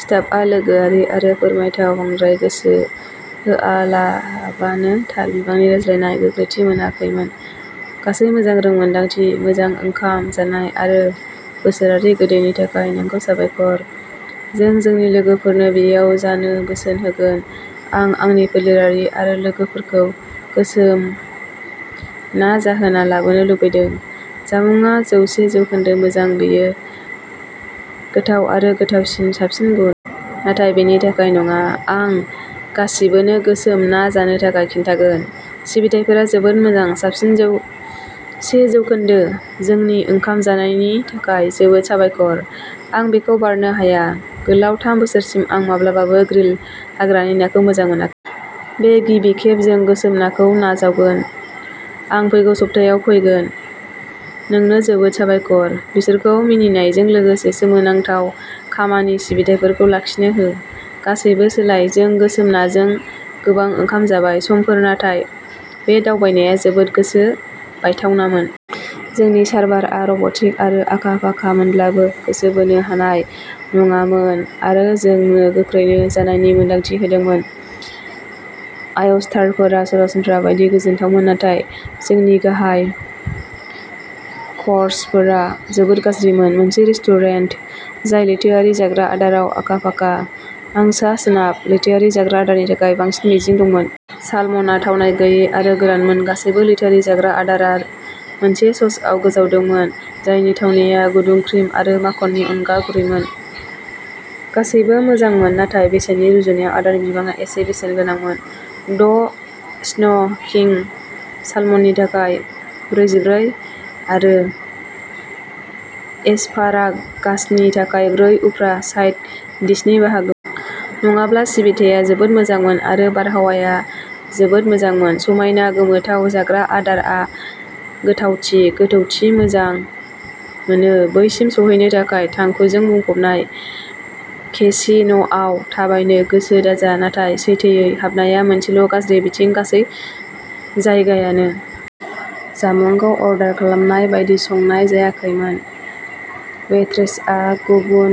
स्टाफआ लोगोआरि आरो फोरमायथाव बांद्राय गोसो होआलाबानो थार बिबांनि रायज्लायनाय गोख्रैथि मोनाखैमोन। गासै मोजां रोंमोनदांथि, मोजां ओंखाम जानाय आरो बोसोरारि गोदैनि थाखाय नोंखौ साबायखर। जों जोंनि लोगोफोरनो बेयाव जानो बोसोन होगोन। आं आंनि फोलेरारि आरो लोगोफोरखौ गोसोम ना जाहोना लाबोनो लुबैदों, जामुंआ जौसे जौखोन्दो मोजां, बेयो गोथाव आरो गोथावसिन साबसिन गुन। नाथाय बेनि थाखाय नङा, आं गासिबोनो गोसोम ना जानो थाखाय खिन्थागोन, सिबिथाइफोरा जोबोद मोजां साबसिन जौसे जौखोन्दो जोंनि ओंखाम जानायनि थाखाय जोबोद साबायखर, आं बेखौ बारनो हाया। गोलाव थाम बोसोरसिम आं माब्लाबाबो ग्रिल हाग्रानि नाखौ मोजां मोना। बे गिबि खेब जों गोसोम नाखौ नाजावगोन, आं फैगौ सप्तायाव फैगोन। नोंनो जोबोद साबायखर, बिसोरखौ मिनिनायजों लोगोसे सोमोनांथाव खामानि सिबिथाइफोरखौ लाखिनो हो, गासैबो सोलाय। जों गोसोम नाजों गोबां ओंखाम जाबाय। समफोर नाथाय बे दावबायनाया जोबोद गोसो बायथावनामोन। जोंनि सार्भारआ रब'टिक आरो आखा-फाखामोनब्लाबो गोसो बोनो हानाय नङामोन आरो जोंनो गोख्रै जानायनि मोन्दांथि होदोंमोन। ऑयस्टारफोरा सरासनस्रा बायदि गोजोनथावमोन नाथाय जोंनि गाहाय क'र्सफोरा जोबोद गाज्रिमोन। मोनसे रेस्टुरेन्ट जाय लैथोआरि जाग्रा आदाराव आखा-फाखा, आं सा-सोनाब लैथोआरि जाग्रा आदारनि थाखाय बांसिन मिजिं दंमोन। सालमनआ थावनाय गैयै आरो गोरानमोन। गासैबो लैथोआरि जाग्रा आदारआ मोनसे ससआव गोजावदोंमोन, जायनि थावनाया गुदुं क्रिम आरो माखननि अनगा गुरैमोन। गासैबो मोजांमोन नाथाय बेसेननि रुजुनायाव आदारनि बिबाङा एसे बेसेन गोनांमोन, द' स्न' किंग सालमननि थाखाय ब्रैजिब्रै आरो एस्पारागासनि थाखाय ब्रै उफ्रा साइड डिशनि बाहागो। नङाब्ला सिबिथाया जोबोद मोजांमोन आरो बारहावाया जोबोद मोजांमोन। समायना गोथाव जाग्रा आदारआ गोथावथि गोथौथि मोजां मोनो। बैसिम सौहैनो थाखाय थांखुजों बुंफबनाय केसिनोआव थाबायनो गोसो दाजा, नाथाय सैथोयै हाबनाया मोनसेल' गाज्रि बिथिं गासै जायगायानो। जामुंखौ अर्डार खालामनाय बायदि संनाय जायाखैमोन। वेट्रेसआ गुबुन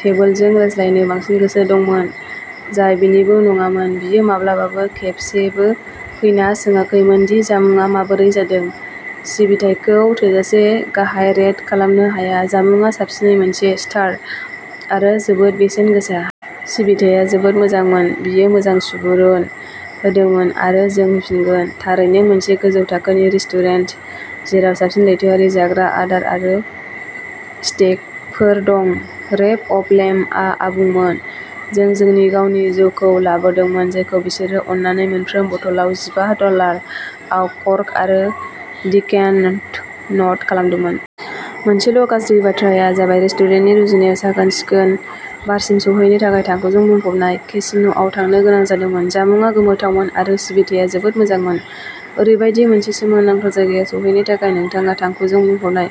टेबोलजों रायज्लायनो बांसिन गोसो दंमोन, जाय बिनिबो नङामोन। बियो माब्लाबाबो खेबसेबो फैना सोङाखैमोन दि जामुंआ माबोरै जादों। सिबिथायखौ थोजासे गाहाय रेट खालामनो हाया। जामुंआ साबसिनै मोनसे स्टार आरो जोबोद बेसेन गोसा। सिबिथाया जोबोद मोजांमोन, बियो मोजां सुबुरुन होदोंमोन आरो जों फैफिनगोन थारैनो मोनसे गोजौ थाखोनि रेस्टुरेन्ट जेराव साबसिन लैथोआरि जाग्रा आदार आरो स्टेकफोर दंमोन। रेक अफ लेम्बआ आबुंमोन। जों जोंनि गावनि जौखौ लाबोदोंमोन, जायखौ बिसोरो अननानै मोनफ्रोम बथलाव जिबा दलार आव कर्क आरो डिकेनट खालामदोंमोन। मोनसेल' गाज्रि बाथ्राया जाबाय रेस्टुरेन्टनि रुजुनायाव साखोन-सिखोन बारसिम सौहैनो थाखाय थांखुजों बुंफबनाय केसिनोआव थांनो गोनां जादोंमोन। जामुंआ गोमोथावमोन आरो सिबिथाया जोबोद मोजांमोन। ओरैबायदि मोनसे सोमोनांथाव जायगायाव सौहैनो थाखाय नोंथाङा थांखुजों बुंफबनाय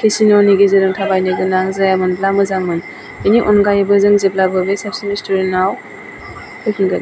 केसिनोनि गेजेरजों थाबायनो गोनां जायामोनब्ला मोजांमोन। बेनि अनगायैबो, जों जेब्लाबो बे साबसिन रेस्टुरेन्टाव फैफिनगोन।